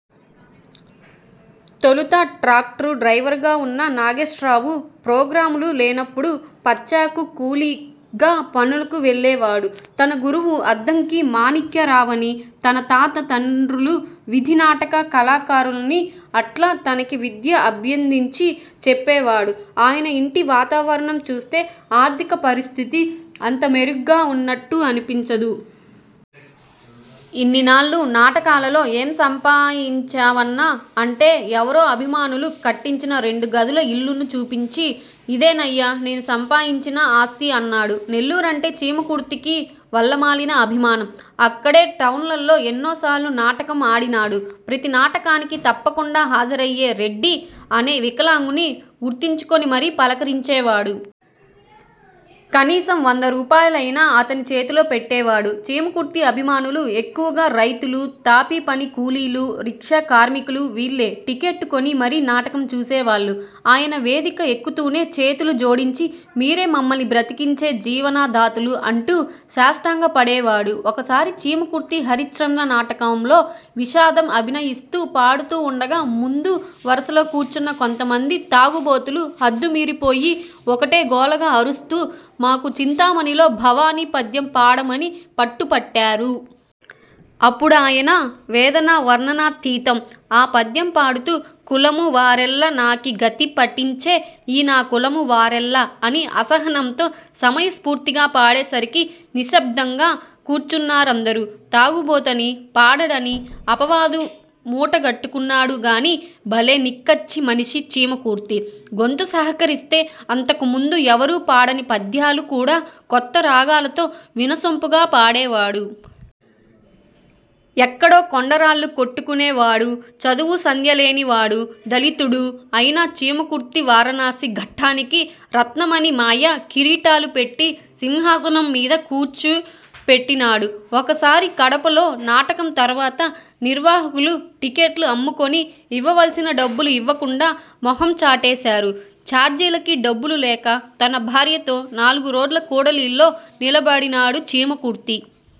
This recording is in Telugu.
తొలుత ట్రాక్టరు డ్రైవరుగా వున్న నాగేశ్వర్రావు ప్రోగ్రాములు లేనపుడు పచ్చాకు కూలీగా పనులకు వెళ్ళేవాడు. తన గురువు అద్దంకి మాణిక్యరావనీ; తన తాత, తండ్రులు వీధినాటక కళాకారులని అట్లా తనకీ విద్య అభ్యందించి చెప్పేవాడు. ఆయన యింటి వాతావరణం చూస్తే ఆర్థిక పరిస్థితి అంత మెరుగ్గా వున్నట్టు అన్పించదు. 'ఇన్నినాళ్లు నాటకాలలో ఏం సంపాయించావన్నా! ' అంటే, ఎవరో అభిమానులు కట్టించిన రెండు గదుల ఇల్లును చూపించి 'ఇదేనయ్యా! నేను సంపాయించిన ఆస్తి' అన్నాడు. నెల్లూరంటే చీమకుర్తికి వల్లమాలిన అభిమానం. అక్కడే టౌన్హాల్లో ఎన్నోసార్లు నాటకం ఆడినాడు. ప్రతి నాటకానికీ తప్పకుండా హాజరయ్యే 'రెడ్డి' అనే వికలాంగుణ్ణి గుర్తుంచుకునిమరీ పలకరించేవాడు. కనీసం వందరూపాయలయినా అతని చేతిలో పెట్టేవాడు. చీమకుర్తి అభిమానులు ఎక్కువగా రైతులు, తాపీపని కూలీలు, రిక్షా కార్మికులు వీళ్ళే టిక్కెట్టు కొని మరీ నాటకం చూసేవాళ్ళు. ఆయన వేదిక ఎక్కుతూనే చేతులు జోడించి 'మీరే మమ్మల్ని బ్రతికించే జీవన దాతలు' అంటూ సాష్టాంగ పడేవాడు. ఒకసారి చీమకుర్తి హరిశ్చంద్ర నాటకంలో విషాదం అభినయిస్తూ పాడుతూ వుండగా ముందు వరుసలో కూర్చున్న కొంతమంది తాగుబోతులు హద్దు మీరిపోయి ఒకటే గోలగా అరుస్తూ 'మాకు చింతామణిలో భవాని పద్యం పాడ'మని పట్టుపట్టారు. అప్పుడాయన వేదన వర్ణనాతీతం. ఆ పద్యం పాడుతూ 'కులము వారెల్ల నాకీ గతి పట్టించే ఈ నా కులము వారెల్ల' అని అసహనంతో సమయస్ఫూర్తిగా పాడేసరికి నిశ్శబ్దంగా కూర్చున్నారందరూ. తాగుబోతని, పాడడని అపవాదు మూటగట్టుకున్నాడు గానీ, బలే నిక్కచ్చి మనిషి చీమకుర్తి. గొంతు సహకరిస్తే అంతకుముందు ఎవరూ పాడని పద్యాలు కూడా కొత్త రాగాలతో వినసొంపుగా పాడేవాడు. ఎక్కడో కొండరాళ్ళు కొట్టుకునే వాడూ, చదువూసంధ్యాలేని వాడూ, దళితుడూ అయిన చీమకుర్తి వారణాసి ఘట్టానికి రత్నమణిమయ కిరీటాలు పెట్టి సింహాసనం మీద కూర్చోపెట్టినాడు. ఒకసారి కడపలో నాటకం తర్వాత నిర్వాహకులు టిక్కెట్లు అమ్ముకొని ఇవ్వవలసిన డబ్బులు ఇవ్వకుండా మొహం చాటేశారు. చార్జీలకి డబ్బులు లేక తన భార్యతో నాలుగు రోడ్ల కూడలిలో నిలబడినాడు చీమకుర్తి.